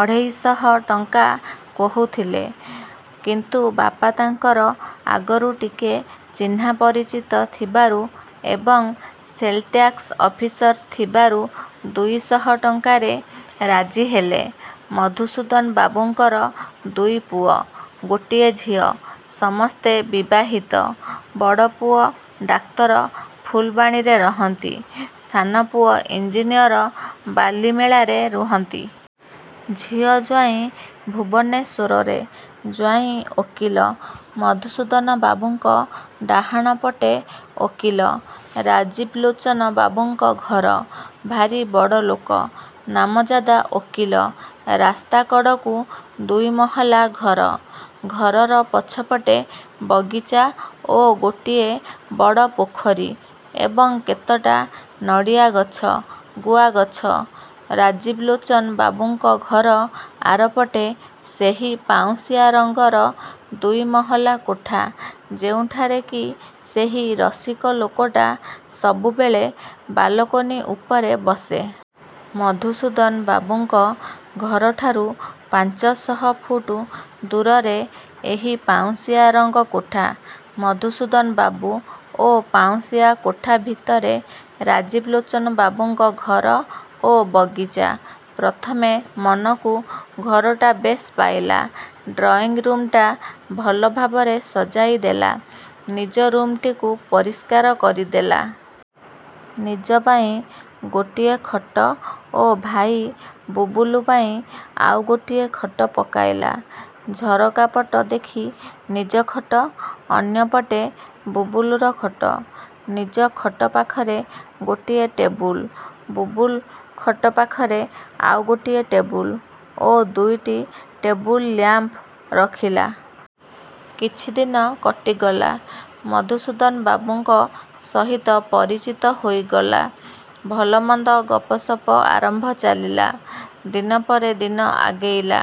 ଅଢ଼େଇଶହ ଟଙ୍କା କହୁଥିଲେ। କିନ୍ତୁ ବାପା ତାଙ୍କର ଆଗରୁ ଟିକେ ଚିହ୍ନା ପରିଚିତ ଥିବାରୁ ଏବଂ ସେଲ୍ଟ୍ୟାକସ୍ ଅଫିସର ଥିବାରୁ ଦୁଇଶହ ଟଙ୍କାରେ ରାଜି ହେଲେ। ମଧୁସୂଦନବାବୁଙ୍କର ଦୁଇପୁଅ, ଗୋଟିଏ ଝିଅ ସମସ୍ତେ ବିବାହିତ। ବଡ଼ପୁଅ ଡାକ୍ତର ଫୁଲବାଣୀରେ ରହନ୍ତି। ସାନ ପୁଅ ଇଞ୍ଜିନିୟର ବାଲିମେଳାରେ ରୁହନ୍ତି। ଝିଅଜ୍ୱାଇଁ ଭୁବନେଶ୍ୱରରେ, ଜ୍ୱାଇଁ ଓକିଲ। ମଧୁସୂଦନବାବୁଙ୍କ ଡାହାଣ ପଟେ ଓକିଲ ରାଜୀବଲୋଚନବାବୁଙ୍କ ଘର। ଭାରି ବଡ଼ଲୋକ, ନାମଜାଦା ଓକିଲ। ରାସ୍ତା କଡ଼କୁ ଦୁଇ ମହଲା ଘର। ଘରର ପଛପଟେ ବଗିଚା ଓ ଗୋଟିଏ ବଡ଼ ପୋଖରୀ ଏବଂ କେତେଟା ନଡ଼ିଆ ଗଛ, ଗୁଆଗଛ। ରାଜୀବଲୋଚନବାବୁଙ୍କ ଘର ଆରପଟେ ସେହି ପାଉଁଶିଆ ରଙ୍ଗର ଦୁଇମହଲା କୋଠା ଯେଉଁଠାରେ କି ସେହି ରସିକ ଲୋକଟା ସବୁବେଳେ ବାଲକୋନି ଉପରେ ବସେ। ମଧୁସୂଦନ ବାବୁଙ୍କ ଘରଠାରୁ ପାଞ୍ଚଶହ ଫୁଟ ଦୂରରେ ଏହି ପାଉଁଶିଆ ରଙ୍ଗ କୋଠା। ମଧୁସୂଦନ ବାବୁ ଓ ପାଉଁଶିଆ କୋଠା ଭିତରେ ରାଜୀବଲୋଚନବାବୁଙ୍କ ଘର ଓ ବଗିଚା। ପ୍ରଥମେ ମନକୁ ଘରଟା ବେଶ୍ ପାଇଲା। ଡ୍ରଇଁ ରୁମ୍ଟା ଭଲଭାବରେ ସଜାଇ ଦେଲା। ନିଜ ରୁମ୍ଟିକୁ ପରିଷ୍କାର କରିଦେଲା। ନିଜ ପାଇଁ ଗୋଟିଏ ଖଟ ଓ ଭାଇ ବୁବୁଲୁ ପାଇଁ ଆଉ ଗୋଟିଏ ଖଟ ପକାଇଲା। ଝରକା ପଟ ଦେଖି ନିଜ ଖଟ, ଅନ୍ୟ ପଟେ ବୁବୁଲୁର ଖଟ। ନିଜ ଖଟ ପାଖରେ ଗୋଟିଏ ଟେବୁଲ। ବୁବୁଲ ଖଟ ପାଖରେ ଆଉ ଗୋଟିଏ ଟେବୁଲ ଓ ଦୁଇଟି ଟେବୁଲ୍ ଲ୍ୟାମ୍ପ ରଖିଲା। କିଛିଦିନ କଟିଗଲା। ମଧୁସୂଦନବାବୁଙ୍କ ସହିତ ପରିଚିତ ହୋଇଗଲା। ଭଲ ମନ୍ଦ ଗପ ସପ ଆରମ୍ଭ ଚାଲିଲା। ଦିନ ପରେ ଦିନ ଆଗେଇଲା।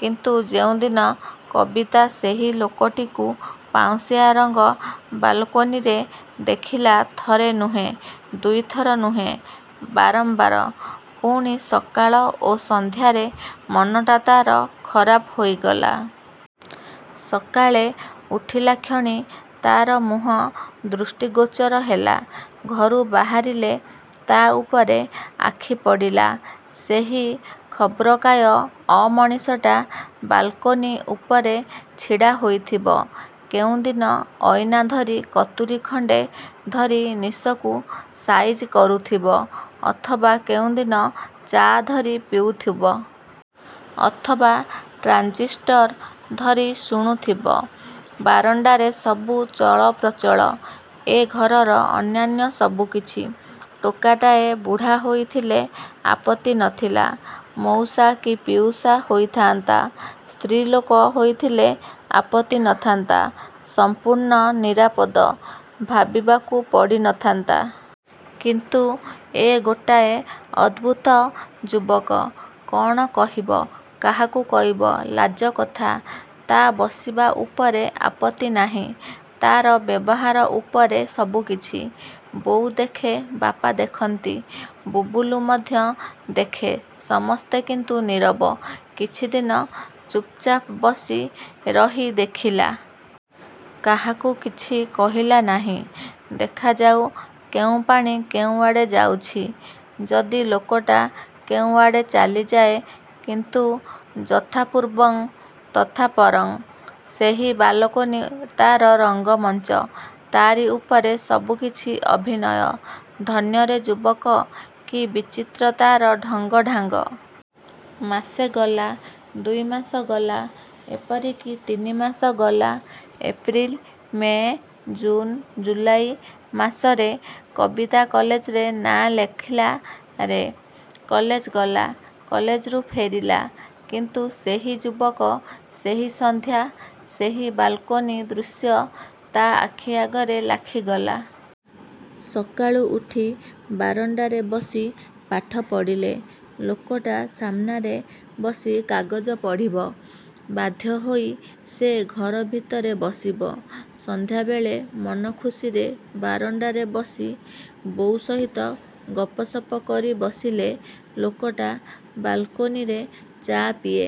କିନ୍ତୁ ଯେଉଁ ଦିନ କବିତା ସେହି ଲୋକଟିକୁ ପାଉଁଶିଆ ରଙ୍ଗ ବାଲକୋନିରେ ଦେଖିଲା ଥରେ ନୁହେଁ ଦୁଇଥର ନୁହେଁ ବାରମ୍ୱାର, ପୁଣି ସକାଳ ଓ ସନ୍ଧ୍ୟାରେ ମନଟା ତା'ର ଖରାପ ହୋଇଗଲା। ସକାଳେ ଉଠିଲା କ୍ଷଣି ତା'ର ମୁହଁ ଦୃଷ୍ଟିଗୋଚର ହେଲା। ଘରୁ ବାହାରିଲେ ତା' ଉପରେ ଆଖି ପଡ଼ିଲା। ସେହି ଖର୍ବକାୟ ଅମଣିଷଟା ବାଲକୋନି ଉପରେ ଛିଡ଼ା ହୋଇଥିବ। କେଉଁଦିନ ଅଇନା ଧରି କତୁରି ଖଣ୍ଡେ ଧରି ନିଶକୁ ସାଇଜ କରୁଥିବ। ଅଥବା କେଉଁ ଦିନ ଚା' ଧରି ପିଉଥିବ। ଅଥବା ଟ୍ରାଞ୍ଜିଷ୍ଟର ଧରି ଶୁଣୁଥିବ। ବାରଣ୍ଡାରେ ସବୁ ଚଳପ୍ରଚଳ, ଏ ଘରର ଅନ୍ୟାନ୍ୟ ସବୁ କିଛି। ଟୋକାଟାଏ, ବୁଢ଼ା ହୋଇଥିଲେ ଆପତ୍ତି ନ ଥିଲା। ମଉସା କି ପିଉସା ହୋଇଥାନ୍ତା। ସ୍ତ୍ରୀ ଲୋକ ହୋଇଥିଲେ ଆପତ୍ତି ନ ଥାନ୍ତା, ସମ୍ପୂର୍ଣ୍ଣ ନିରାପଦ। ଭାବିବାକୁ ପଡ଼ି ନ ଥାନ୍ତା। କିନ୍ତୁ ଏ ଗୋଟାଏ ଅଦ୍ଭୁତ ଯୁବକ। କ'ଣ କହିବ, କାହାକୁ କହିବ, ଲାଜକଥା। ତା' ବସିବା ଉପରେ ଆପତ୍ତି ନାହିଁ। ତା'ର ବ୍ୟବହାର ଉପରେ ସବୁକିଛି। ବୋଉ ଦେଖେ ବାପା ଦେଖନ୍ତି। ବୁବୁଲୁ ମଧ୍ୟ ଦେଖେ ସମସ୍ତେ କିନ୍ତୁ ନୀରବ। କିଛିଦିନ ଚୁପ୍ଚାପ୍ ବସି ରହି ଦେଖିଲା। କାହାକୁ କିଛି କହିଲା ନାହିଁ। ଦେଖାଯାଉ କେଉଁପାଣି କେଉଁ ଆଡ଼େ ଯାଉଛି। ଯଦି ଲୋକଟା କେଉଁଆଡ଼େ ଚାଲି ଯାଏ କିନ୍ତୁ ଯଥା ପୂର୍ବଂ ତଥା ପରଂ। ସେହି ବାଲକୋନି ତା'ର ରଙ୍ଗମଞ୍ଚ। ତା'ରି ଉପରେ ସବୁ କିଛି ଅଭିନୟ। ଧନ୍ୟରେ ଯୁବକ। କି ବିଚିତ୍ର ତା'ର ଢଙ୍ଗଢ଼ାଙ୍ଗ। ମାସେ ଗଲା, ଦୁଇମାସ ଗଲା; ଏପରିକି ତିନିମାସ ଗଲା। ଏପ୍ରିଲ, ମେ, ଜୁନ, ଜୁଲାଇ ମାସରେ କବିତା କଲେଜରେ ନାଁ ଲେଖିଲା ରେ। କଲେଜ ଗଲା। କଲେଜରୁ ଫେରିଲା। କିନ୍ତୁ ସେହି ଯୁବକ, ସେହି ସନ୍ଧ୍ୟା, ସେହି ବାଲକୋନି ଦୃଶ୍ୟ ତା' ଆଖି ଆଗରେ ଲାଖିଗଲା। ସକାଳୁ ଉଠି ବାରଣ୍ଡାରେ ବସି ପାଠ ପଢ଼ିଲେ, ଲୋକଟା ସାମନାରେ ବସି କାଗଜ ପଢ଼ିବ। ବାଧ୍ୟହୋଇ ସେ ଘର ଭିତରେ ବସିବ। ସନ୍ଧ୍ୟାବେଳେ ମନ ଖୁସିରେ ବାରଣ୍ଡାରେ ବସି ବୋଉ ସହିତ ଗପସପ କରି ବସିଲେ ଲୋକଟା ବାଲକୋନିରେ ଚା' ପିଏ,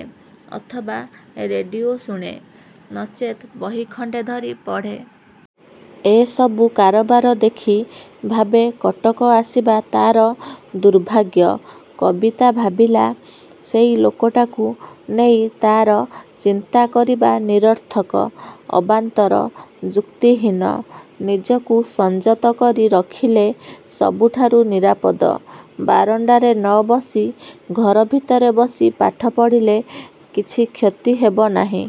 ଅଥବା ରେଡ଼ିଓ ଶୁଣେ; ନଚେତ୍ ବହି ଖଣ୍ଡେ ଧରି ପଢ଼େ। ଏ ସବୁ କାରବାର ଦେଖି ଭାବେ କଟକ ଆସିବା ତା'ର ଦୁର୍ଭାଗ୍ୟ। କବିତା ଭାବିଲା ସେଇ ଲୋକଟାକୁ ନେଇ ତା'ର ଚିନ୍ତା କରିବା ନିରର୍ଥକ, ଅବାନ୍ତର, ଯୁକ୍ତିହୀନ। ନିଜକୁ ସଞ୍ଜତ କରି ରଖିଲେ ସବୁଠାରୁ ନିରାପଦ। ବାରଣ୍ଡାରେ ନ ବସି ଘର ଭିତରେ ବସି ପାଠ ପଢ଼ିଲେ କିଛି କ୍ଷତି ହେବନାହିଁ।